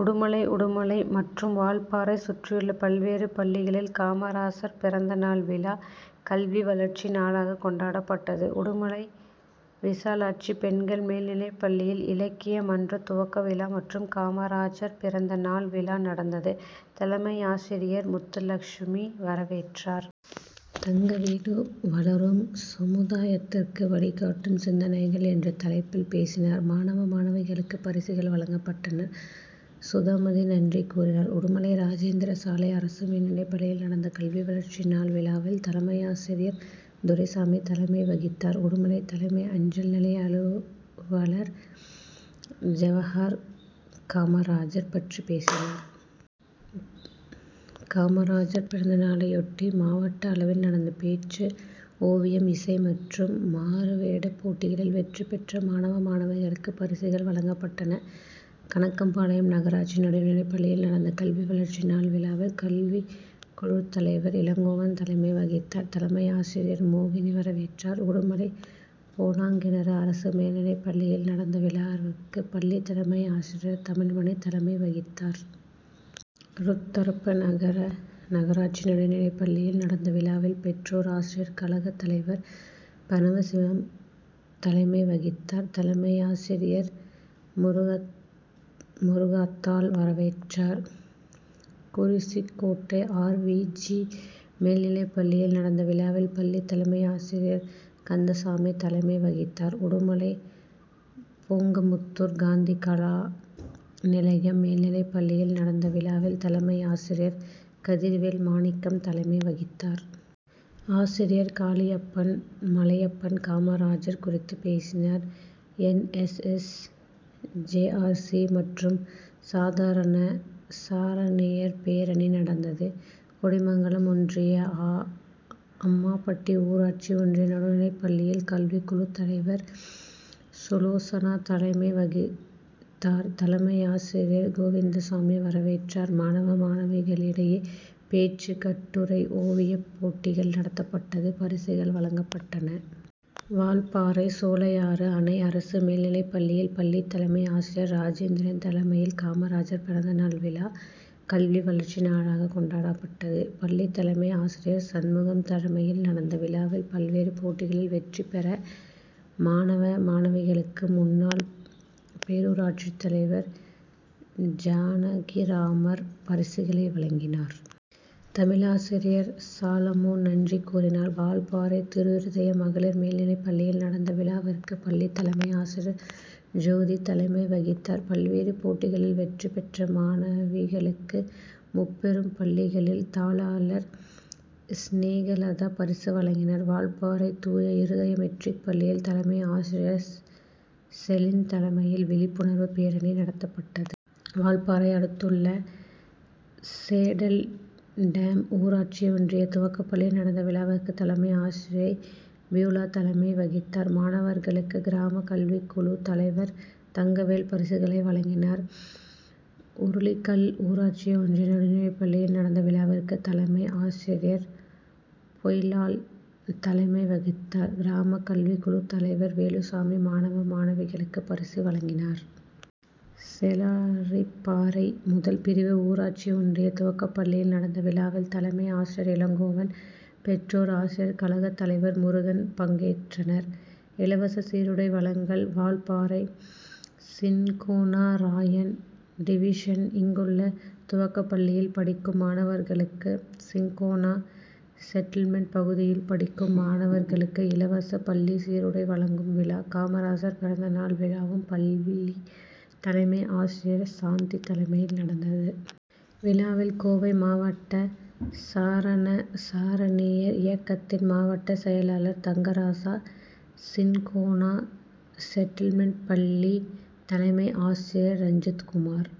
உடுமலை உடுமலை மற்றும் வால்பாறை சுற்றியுள்ள பல்வேறு பள்ளிகளில் காமராஜர் பிறந்த நாள் விழா, கல்வி வளர்ச்சி நாளாக கொண்டாப்பட்டது. உடுமலை விசாலாட்சி பெண்கள் மேல்நிலைப்பள்ளியில், இலக் கிய மன்ற துவக்க விழா மற்றும் காமராஜர் பிறந்த நாள் விழா நடந்தது. தலைமையாசிரியர் முத்துலட்சுமி வரவேற்றார். தங்கவேலு வளரும் சமுதாயத்திற்கு வழிகாட்டும் சிந்தனைகள்' என்ற தலைப்பில், பேசினார். மாணவ, மாணவிகளுக்குப் பரிசுகள் வழங்க பட்டன. சுதமதி நன்றி கூறினார். உடுமலை ராஜேந்திரா சாலை அரசு மேல்நிலைப்பள்ளியில் நடந்த கல்வி வளர்ச்சி நாள் விழாவில், தலைமையாசிரியர் துரைசாமி தலைமை வகித்தார். உடுமலை தலைமை அஞ்சல் நிலைய அலுவலர் ஜவஹர் காமராஜர் பற்றி பேசினார். காமராஜர் பிறந்தநாளையொட்டி, மாவட்ட அளவில் நடந்த பேச்சு, ஓவியம், இசை மற்றும் மாறுவேடப்போட்டிகளில் வெற்றி பெற்ற மாணவ, மாணவிகளுக்குப் பரிசுகள் வழங்கப்பட்டன. கணக்கம்பாளையம் நகராட்சி நடுநிலைப்பள்ளியில் நடந்த கல்வி வளர்ச்சி நாள் விழாவில், கல்விக்குழுத்தலைவர் இளங்கோவன் தலைமை வகித்தார். தலைமையாசிரியர் மோகினி வரவேற்றார். உடுமலை பூலாங்கிணறு அரசு மேல்நிலைப்பள்ளியில் நடந்த விழாவிற்கு பள்ளி தலைமையாசிரியர் தமிழ்மணி தலைமை வகித்தார். ருத்தரப்ப நகர் நகராட்சி நடுநிலைப்பள்ளியில், நடந்த விழாவில் பெற்றோர் ஆசிரியர் கழக தலைவர் பரமசிவம் தலைமை வகித்தார். தலைமையாசிரியர் முருகாத்தாள் வரவேற்றார். குறிச்சிக்கோட்டை ஆர். வி. ஜி., மேல்நிலைப்பள்ளியில் நடந்த விழாவில், பள்ளி தலைமையாசிரியர் கந்தசாமி தலைமை வகித்தார். உடுமலை புங்கமுத்தூர் காந்தி கலா நிலையம் மேல்நிலைப்பள்ளியில் நடந்த விழாவில், தலைமையாசிரியர் கதிர்வேல் மாணிக்கம் தலைமை வகித்தார். ஆசிரியர் காளியப்பன், மலையப்பன் காமராஜர் குறித்து பேசினர். N. S. S., J. R. C., மற்றும் சாரண, சாரணியர் பேரணி நடந்தது. குடிமங்கலம் ஒன்றியம் ஆ. அம்மாபட்டி ஊராட்சி ஒன்றிய நடுநிலைப்பள்ளியில் கல்விக்குழுத்தலைவர் சுலோச்சனா தலைமை வகித்தார். தலைமையாசிரியர் கோவிந்தசாமி வரவேற்றார். மாணவ, மாணவிகளுக்கிடையே பேச்சு, கட்டுரை, ஓவியம் போட்டிகள் நடத்தப்பட்டு, பரிசுகள் வழங்கப்பட்டன. வால்பாறை சோலையாறு அணை அரசு மேல்நிலைப்பள்ளியில் பள்ளி தலைமை ஆசிரியர் ராஜேந்திரன் தலைமையில் காமராஜர் பிறந்த நாள் விழா, கல்வி வளர்ச்சி நாளாக கொண்டாப்பட்டது. பள்ளி தலைமை ஆசிரியர் சண்முகம் தலைமையில் நடந்த விழாவில் பல்வேறு போட்டிகளில் வெற்றி பெற்ற மாணவ, மாணவிகளுக்கு முன்னாள் பேரூராட்சித்தலைவர் ஜானகிராமர் பரிசுகளை வழங்கினார். தமிழாசிரியர் சாலமோன் நன்றி கூறினார். வால்பாறை திருஇருதய மகளிர் மேல்நிலைப்பள்ளியில் நடந்த விழாவிற்கு பள்ளி தலைமை ஆசிரியர் ஜோதி தலைமை வகித்தார். பல்வேறு போட்டிகளில் வெற்றி பெற்ற மாணவிகளுக்கு முப்பெரும் பள்ளிகளின் தாளாளர் ஸ்நேகலதா பரிசு வழங்கினார். வால்பாறை தூய இருதய மெட்ரிக் பள்ளியில் தலைமை ஆசிரியை செலின் தலைமையில் விழிப்புணர்வு பேரணி நடத்தப் பட்டது. வால்பாறை அடுத்துள்ள சேடல்டேம் ஊராட்சி ஒன்றிய துவக்கப்பள்ளியில் நடந்த விழாவிற்கு தலைமை ஆசிரியை பியூலா தலைமை வகித்தார். மாணவர்களுக்கு கிராம கல்விக்குழு தலைவர் தங்கவேல் பரிசுகளை வழங்கினார். உருளிக்கல் ஊராட்சி ஒன்றிய நடுநிலைப்பள்ளியில் நடந்த விழாவிற்கு தலைமை ஆசிரியை பொய்லாள் தலைமை வகித்தார். கிராம கல்விக்குழு தலைவர் வேலுச்சாமி மாணவ, மாணவிகளுக்கு பரிசு வழங்கினார். செலாளிப்பாறை முதல்பிரிவு ஊராட்சி ஒன்றிய துவக்கபள்ளியில் நடந்த விழாவில் தலைமை ஆசிரியர் இளங்கோவன், பெற்றோர் ஆசிரியர் கழக தலைவர் முருகன் பங்கேற்றனர். இலவச சீருடை வழங்கல் வால் பாறை, சின்கோனா ராயான் டிவிஷன். இங்குள்ள துவக்கப்பள்ளியில் படிக்கும் மாணவர்களுக்கும், சின்கோனா செட்டில்மெண்ட் பகுதியில் படிக்கும் மாணவர் களுக்கும் இலவச பள்ளி சீருடை வழங்கும் விழா, காமராஜர் பிறந்த நாள் விழாவும் பள்ளி தலைமை ஆசிரியை சாந்தி தலைமையில் நடந்தது. விழாவில் கோவை மாவட்ட சாரண, சாரணியர் இயக்கத்தின் மாவட்ட செயலாளர் தங்கராசா, சின்கோனா செட்டில்மெண்ட் பள்ளி தலைமை ஆசிரியர் ரஞ்சித் குமார்